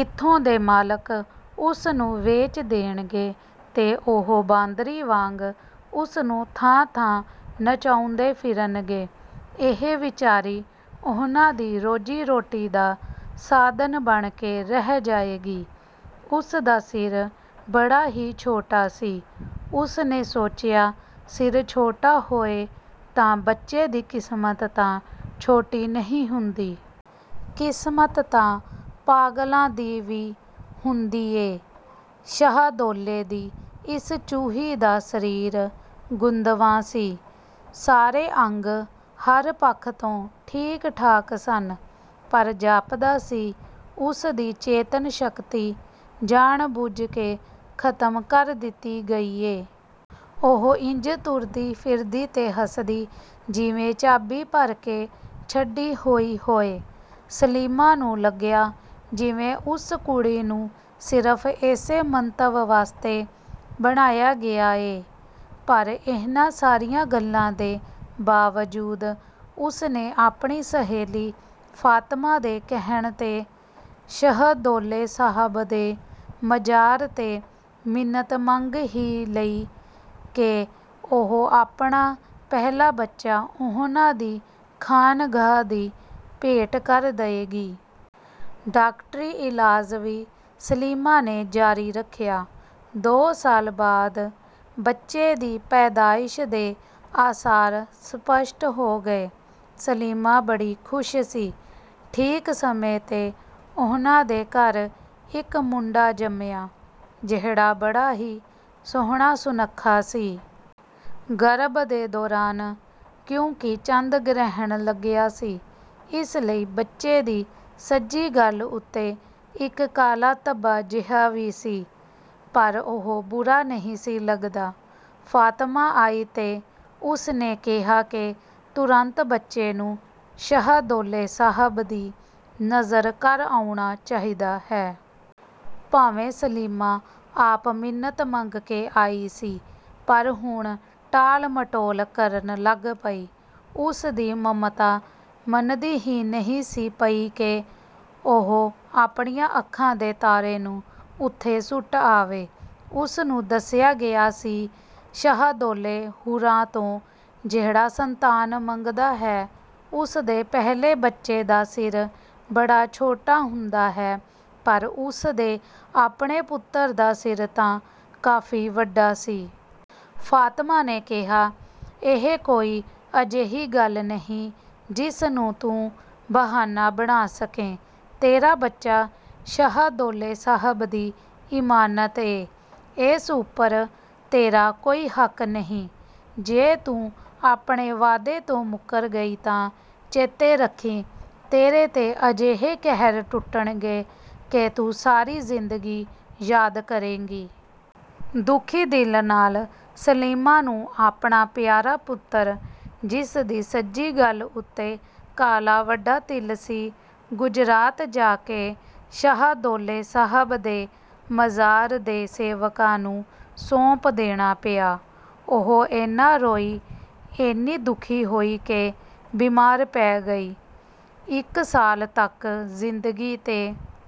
ਇੱਥੋਂ ਦੇ ਮਾਲਕ ਉਸਨੂੰ ਵੇਚ ਦੇਣਗੇ ਤੇ ਉਹ ਬਾਂਦਰੀ ਵਾਂਗ ਇਸਨੂੰ ਥਾਂ-ਥਾਂ ਨਚਾਉਂਦੇ ਫਿਰਨਗੇ। ਇਹ ਵਿਚਾਰੀ ਉਹਨਾਂ ਦੀ ਰੋਜੀ-ਰੋਟੀ ਦਾ ਸਾਧਨ ਬਣ ਕੇ ਰਹਿ ਜਾਏਗੀ। ਉਸਦਾ ਸਿਰ ਬੜਾ ਹੀ ਛੋਟਾ ਸੀ। ਉਸਨੇ ਸੋਚਿਆ, ਸਿਰ ਛੋਟਾ ਹੋਏ ਤਾਂ ਬੱਚੇ ਦੀ ਕਿਸਮਤ ਤਾਂ ਛੋਟੀ ਨਹੀਂ ਹੁੰਦੀ। ਕਿਸਮਤ ਤਾਂ ਪਾਗਲਾਂ ਦੀ ਵੀ ਹੁੰਦੀ ਏ। ਸ਼ਾਹਦੌਲੇ ਦੀ ਇਸ ਚੂਹੀ ਦਾ ਸਰੀਰ ਗੁੰਦਵਾਂ ਸੀ। ਸਾਰੇ ਅੰਗ ਹਰ ਪੱਖ ਤੋਂ ਠੀਕ-ਠਾਕ ਸਨ, ਪਰ ਜਾਪਦਾ ਸੀ ਉਸਦੀ ਚੇਤਨ-ਸ਼ਕਤੀ ਜਾਣ ਬੁੱਝ ਕੇ ਖਤਮ ਕਰ ਦਿੱਤੀ ਗਈ ਏ। ਉਹ ਇੰਜ ਤੁਰਦੀ, ਫਿਰਦੀ ਤੇ ਹੱਸਦੀ ਜਿਵੇਂ ਚਾਬੀ ਭਰ ਕੇ ਛੱਡੀ ਹੋਈ ਹੋਏ। ਸਲੀਮਾ ਨੂੰ ਲੱਗਿਆ ਜਿਵੇਂ ਉਸ ਕੁੜੀ ਨੂੰ ਸਿਰਫ ਏਸੇ ਮੰਤਵ ਵਾਸਤੇ ਬਣਾਇਆ ਗਿਆ ਏ। ਪਰ ਇਹਨਾਂ ਸਾਰੀਆਂ ਗੱਲਾਂ ਦੇ ਬਾਵਜੂਦ ਉਸਨੇ ਆਪਣੀ ਸਹੇਲੀ ਫਾਤਮਾ ਦੇ ਕਹਿਣ ਤੇ ਸ਼ਹਦੌਲੇ ਸਾਹਬ ਦੇ ਮਜਾਰ ਤੇ ਮਿੰਨਤ ਮੰਗ ਹੀ ਲਈ ਕਿ ਉਹ ਆਪਣਾ ਪਹਿਲਾ ਬੱਚਾ ਉਹਨਾਂ ਦੀ ਖਾਨਗਾਹ ਦੀ ਭੇਂਟ ਕਰ ਦਏਗੀ। ਡਾਕਟਰੀ ਇਲਾਜ਼ ਵੀ ਸਲੀਮਾ ਨੇ ਜਾਰੀ ਰੱਖਿਆ। ਦੋ ਸਾਲ ਬਾਅਦ ਬੱਚੇ ਦੀ ਪੈਦਾਇਸ਼ ਦੇ ਆਸਾਰ ਸਪਸ਼ਟ ਹੋ ਗਏ। ਸਲੀਮਾ ਬੜੀ ਖੁਸ਼ ਸੀ। ਠੀਕ ਸਮੇਂ ਤੇ ਉਹਨਾਂ ਦੇ ਘਰ ਇਕ ਮੁੰਡਾ ਜੰਮਿਆਂ, ਜਿਹੜਾ ਬੜਾ ਹੀ ਸੋਹਣਾ-ਸੁੱਨਖਾ ਸੀ। ਗਰਭ ਦੇ ਦੌਰਾਨ ਕਿਉਂਕਿ ਚੰਦ ਗ੍ਰਹਿਣ ਲੱਗਿਆ ਸੀ, ਇਸ ਲਈ ਬੱਚੇ ਦੀ ਸੱਜੀ ਗੱਲ੍ਹ ਉੱਤੇ ਇਕ ਕਾਲਾ ਧੱਬਾ ਜਿਹਾ ਵੀ ਸੀ, ਪਰ ਉਹ ਬੁਰਾ ਨਹੀਂ ਸੀ ਲੱਗਦਾ। ਫਾਤਮਾ ਆਈ ਤੇ ਉਸਨੇ ਕਿਹਾ ਕਿ 'ਤੁਰੰਤ ਬੱਚੇ ਨੂੰ ਸ਼ਾਹਦੌਲੇ ਸਾਹਬ ਦੀ ਨਜ਼ਰ ਕਰ ਆਉਣਾ ਚਾਹੀਦਾ ਹੈ।' ਭਾਵੇਂ ਸਲੀਮਾ ਆਪ ਮਿੰਨਤ ਮੰਗ ਕੇ ਆਈ ਸੀ, ਪਰ ਹੁਣ ਟਾਲ-ਮਟੋਲ ਕਰਨ ਲੱਗ ਪਈ। ਉਸਦੀ ਮਮਤਾ ਮੰਨਦੀ ਹੀ ਨਹੀਂ ਸੀ ਪਈ ਕਿ ਉਹ ਆਪਣੀਆਂ ਅੱਖਾਂ ਦੇ ਤਾਰੇ ਨੂੰ ਉੱਥੇ ਸੁੱਟ ਆਵੇ। ਉਸਨੂੰ ਦੱਸਿਆ ਗਿਆ ਸੀ, ਸ਼ਾਹਦੌਲੇ ਹੁਰਾਂ ਤੋਂ ਜਿਹੜਾ ਸੰਤਾਨ ਮੰਗਦਾ ਹੈ, ਉਸਦੇ ਪਹਿਲੇ ਬੱਚੇ ਦਾ ਸਿਰ ਬੜਾ ਛੋਟਾ ਹੁੰਦਾ ਹੈ, ਪਰ ਉਸਦੇ ਆਪਣੇ ਪੁੱਤਰ ਦਾ ਸਿਰ ਤਾਂ ਕਾਫੀ ਵੱਡਾ ਸੀ। ਫਾਤਮਾ ਨੇ ਕਿਹਾ, "ਇਹ ਕੋਈ ਅਜਿਹੀ ਗੱਲ ਨਹੀਂ ਜਿਸਨੂੰ ਤੂੰ ਬਹਾਨਾ ਬਣਾ ਸਕੇਂ। ਤੇਰਾ ਬੱਚਾ ਸ਼ਾਹਦੌਲੇ ਸਾਹਬ ਦੀ ਇਮਾਨਤ ਏ। ਏਸ ਉਪਰ ਤੇਰਾ ਕੋਈ ਹੱਕ ਨਹੀਂ। ਜੇ ਤੂੰ ਆਪਣੇ ਵਾਅਦੇ ਤੋਂ ਮੁੱਕਰ ਗਈ ਤਾਂ ਚੇਤੇ ਰੱਖੀਂ ਤੇਰੇ ਤੇ ਅਜਿਹੇ ਕਹਿਰ ਟੁੱਟਣਗੇ ਕਿ ਤੂੰ ਸਾਰੀ ਜ਼ਿੰਦਗੀ ਯਾਦ ਕਰੇਂਗੀ।" ਦੁਖੀ ਦਿਲ ਨਾਲ ਸਲੀਮਾ ਨੂੰ ਆਪਣਾ ਪਿਆਰਾ ਪੁੱਤਰ, ਜਿਸਦੀ ਸੱਜੀ ਗੱਲ੍ਹ ਉੱਤੇ ਕਾਲਾ ਵੱਡਾ ਤਿਲ ਸੀ, ਗੁਜਰਾਤ ਜਾ ਕੇ ਸ਼ਾਹਦੌਲੇ ਸਾਹਬ ਦੇ ਮਜ਼ਾਰ ਦੇ ਸੇਵਕਾਂ ਨੂੰ ਸੌਂਪ ਦੇਣਾ ਪਿਆ। ਉਹ ਏਨਾ ਰੋਈ, ਏਨੀ ਦੁਖੀ ਹੋਈ ਕਿ ਬੀਮਾਰ ਪੈ ਗਈ। ਇਕ ਸਾਲ ਤਕ ਜ਼ਿੰਦਗੀ ਤੇ